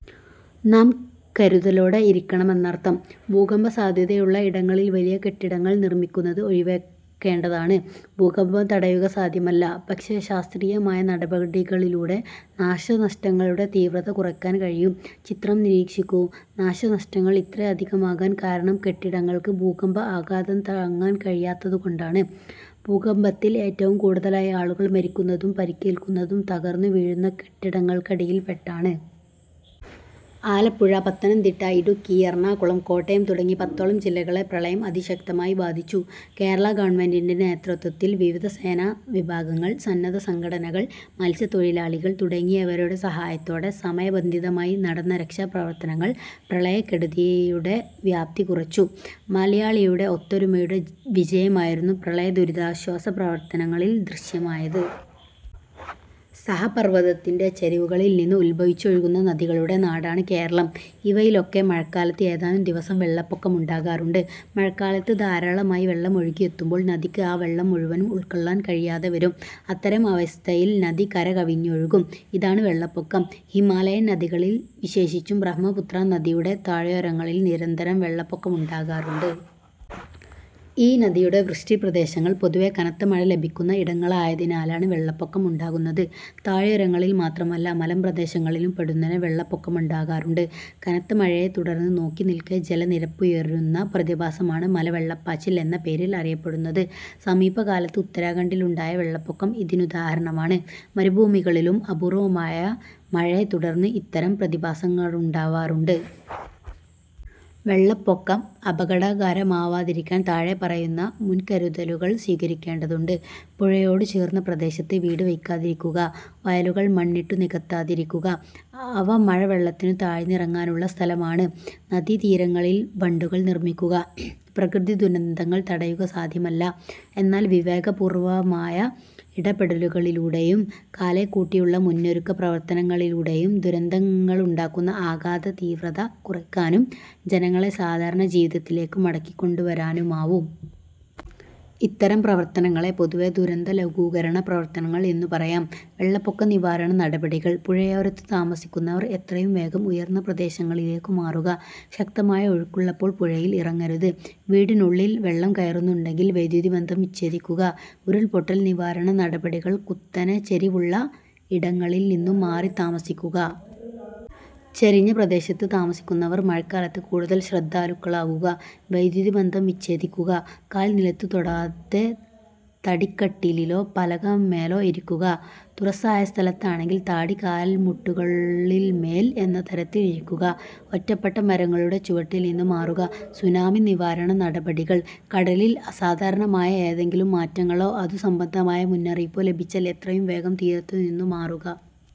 നാം കരുതലോടെ ഇരിക്കണമെന്നർഥം. ഭൂകമ്പസാധ്യതയുള്ള ഇടങ്ങളിൽ വലിയ കെട്ടിടങ്ങൾ നിർമിക്കുന്നത് ഒഴിവാക്കേണ്ടതാണ്. ഭൂകമ്പം തടയുക സാധ്യമല്ല. പക്ഷേ, ശാസ്ത്രീയമായ നടപടികളിലൂടെ നാശനഷ്ടങ്ങളുടെ തീവ്രത കുറയ്ക്കാൻ കഴിയും. ചിത്രം നിരീക്ഷിക്കൂ. നാശനഷ്ടങ്ങൾ ഇത്രയധികമാകാൻ കാരണം കെട്ടിടങ്ങൾക്ക് ഭൂകമ്പ ആഘാതം താങ്ങാൻ കഴിയാത്തതുകൊണ്ടാണ്. ഭൂകമ്പത്തിൽ ഏറ്റവും കൂടുതലായി ആളുകൾ മരിക്കുന്നതും പരിക്കേൽക്കുന്നതും തകർന്നു വീഴുന്ന കെട്ടിടങൾക്ക്ടിയിൽ പെട്ടാണ്. ആലപ്പുഴ, പത്തനംതിട്ട, ഇടുക്കി, എറണാകുളം, കോട്ടയം തുടങ്ങി പത്തോളം ജില്ലകളെ പ്രളയം അതിശക്തമായി ബാധിച്ചു. കേരളാ ഗവൺമെന്റിന്റെ നേതൃത്വത്തിൽ വിവിധ സേനാ വിഭാഗങ്ങൾ, സന്നദ്ധ സംഘടനകൾ, മത്സ്യത്തൊഴിലാളികൾ തുടങ്ങിയവരുടെ സഹായത്തോടെ സമയ ബന്ധിതമായി നടന്ന രക്ഷാ പ്രവർത്തനങ്ങൾ പ്രളയക്കെടുതിയുടെ വ്യാപ്തി കുറച്ചു. മലയാളിയുടെ ഒത്തൊരുമയുടെ വിജയമായിരുന്നു പ്രളയ ദുരിതാശ്വാസ പ്രവർത്തനങ്ങളിൽ ദൃശ്യമായത്. സഹപർവതത്തിന്റെ ചരിവുകളിൽനിന്ന് ഉദ്ഭവിച്ചൊഴുകുന്ന നദികളുടെ നാടാണ് കേരളം. ഇവയിലൊക്കെ മഴക്കാലത്ത് ഏതാനും ദിവസം വെള്ളപ്പൊക്കമുണ്ടാകാറുണ്ട്. മഴക്കാലത്ത് ധാരാളമായി വെള്ളമൊഴുകിയെത്തുമ്പോൾ നദിക്ക് ആ വെള്ളം മുഴുവനും ഉൾക്കൊള്ളാൻ കഴിയാതെവരും. അത്തരം അവസ്ഥയിൽ നദി കരകവിഞ്ഞൊഴുകും. ഇതാണ് വെള്ളപ്പൊക്കം. ഹിമാലയൻ നദികളിൽ, വിശേഷിച്ചും ബ്രഹ്മപുത്രാ നദിയുടെ താഴ്വാരങ്ങളിൽ നിരന്തരം വെള്ളപ്പൊക്കമുണ്ടാകാറുണ്ട്. ഈ നദിയുടെ വൃഷ്ടി പ്രദേശങ്ങൾ പൊതുവെ കനത്ത മഴ ലഭിക്കുന്ന ഇടങ്ങളായതിനാലാണ് വെള്ളപ്പൊക്കം ഉണ്ടാകുന്നത്. താഴ്വാരങ്ങളിൽ മാത്രമല്ല, മലമ്പ്രദേശങ്ങളിലും പൊടുന്നനെ വെള്ളപ്പൊക്കമുണ്ടാകാറുണ്ട്. കനത്ത മഴയെത്തുടർന്ന് നോക്കിനിൽക്കെ ജലനിരപ്പുയരുന്ന പ്രതിഭാസമാണ് മലവെള്ളപ്പാച്ചിൽ എന്ന പേരിൽ അറിയപ്പെടുന്നത്. സമീപകാലത്ത് ഉത്തരാഖണ്ഡിലുണ്ടായ വെള്ളപ്പൊക്കം ഇതിനുദാഹരണമാണ്. മരുഭൂമികളിലും അപൂർവമായ മഴയെത്തുടർന്ന് ഇത്തരം പ്രതിഭാസങ്ങളുണ്ടാകാറുണ്ട്. വെള്ളപ്പൊക്കം അപകടകരമാവാതിരിക്കാൻ താഴെ പറയുന്ന മുൻകരുതലുകൾ സ്വീകരിക്കേണ്ടതുണ്ട്. പുഴയോടുചേർന്ന പ്രദേശത്ത് വീടുവയ്ക്കാതിരിക്കുക. വയലുകൾ മണ്ണിട്ടു നികത്താതിരിക്കുക, അവ മഴവെള്ളത്തിനു താഴ്ന്നിറങ്ങാനുള്ള സ്ഥലമാണ്. നദീതീരങ്ങളിൽ ബണ്ടുകൾ നിർമിക്കുക. പ്രകൃതിദുരന്തങ്ങൾ തടയുക സാധ്യമല്ല. എന്നാൽ വിവേകപൂർവമായ ഇടപെടലുകളിലൂടെയും കാലേക്കൂട്ടിയുള്ള മുന്നൊരുക്ക പ്രവർത്തനങ്ങളിലൂടെയും ദുരന്തങ്ങളുണ്ടാക്കുന്ന ആഘാതതീവ്രത കുറയ്ക്കാനും ജനങ്ങളെ സാധാരണജീവിതത്തിലേക്കു മടക്കിക്കൊണ്ടുവരാനുമാവും. ഇത്തരം പ്രവർത്തനങ്ങളെ പൊതുവേ ദുരന്തലഘൂകരണ പ്രവർത്തനങ്ങൾ എന്നു പറയാം. വെള്ളപ്പൊക്ക നിവാരണ നടപടികൾ: പുഴയോരത്തു താമസിക്കുന്നവർ എത്രയും വേഗം ഉയർന്ന പ്രദേശങ്ങളിലേക്കു മാറുക. ശക്തമായ ഒഴുക്കുള്ളപ്പോൾ പുഴയിൽ ഇറങ്ങരുത്. വീടിനുള്ളിൽ വെള്ളം കയറുന്നുണ്ടെങ്കിൽ വൈദ്യുതിബന്ധം വിച്ഛേദിക്കുക. ഉരുൾപൊട്ടൽ നിവാരണ നടപടികൾ കുത്തനെ ചരിവുള്ള ഇടങ്ങളിൽനിന്നു മാറിത്താമസിക്കുക. ചരിഞ്ഞ പ്രദേത്ത് താമസിക്കുന്നവർ മഴക്കാലത്ത് കൂടുതൽ ശ്രദ്ധാലുക്കളാകുക. വൈദ്യുതിബന്ധം വിച്ഛേദിക്കുക. കാൽ നിലത്തു തൊടാതെ തടിക്കട്ടിലിലോ പലക മേലോ ഇരിക്കുക. തുറസ്സായ സ്ഥലത്താണെങ്കിൽ താടി കാൽമുട്ടുകളിന്മേൽ എന്ന തരത്തിൽ ഇരിക്കുക. ഒറ്റപ്പെട്ട മരങ്ങളുടെ ചുവട്ടിൽ നിന്നു മാറുക. സുനാമി നിവാരണ നടപടികൾ: കടലിൽ അസാധാരണമായ എന്തെങ്കിലും മാറ്റങ്ങളോ അതുസംബന്ധമായ മുന്നറിയിപ്പോ ലഭിച്ചാൽ എത്രയും വേഗം തീരത്തുനിന്നു മാറുക.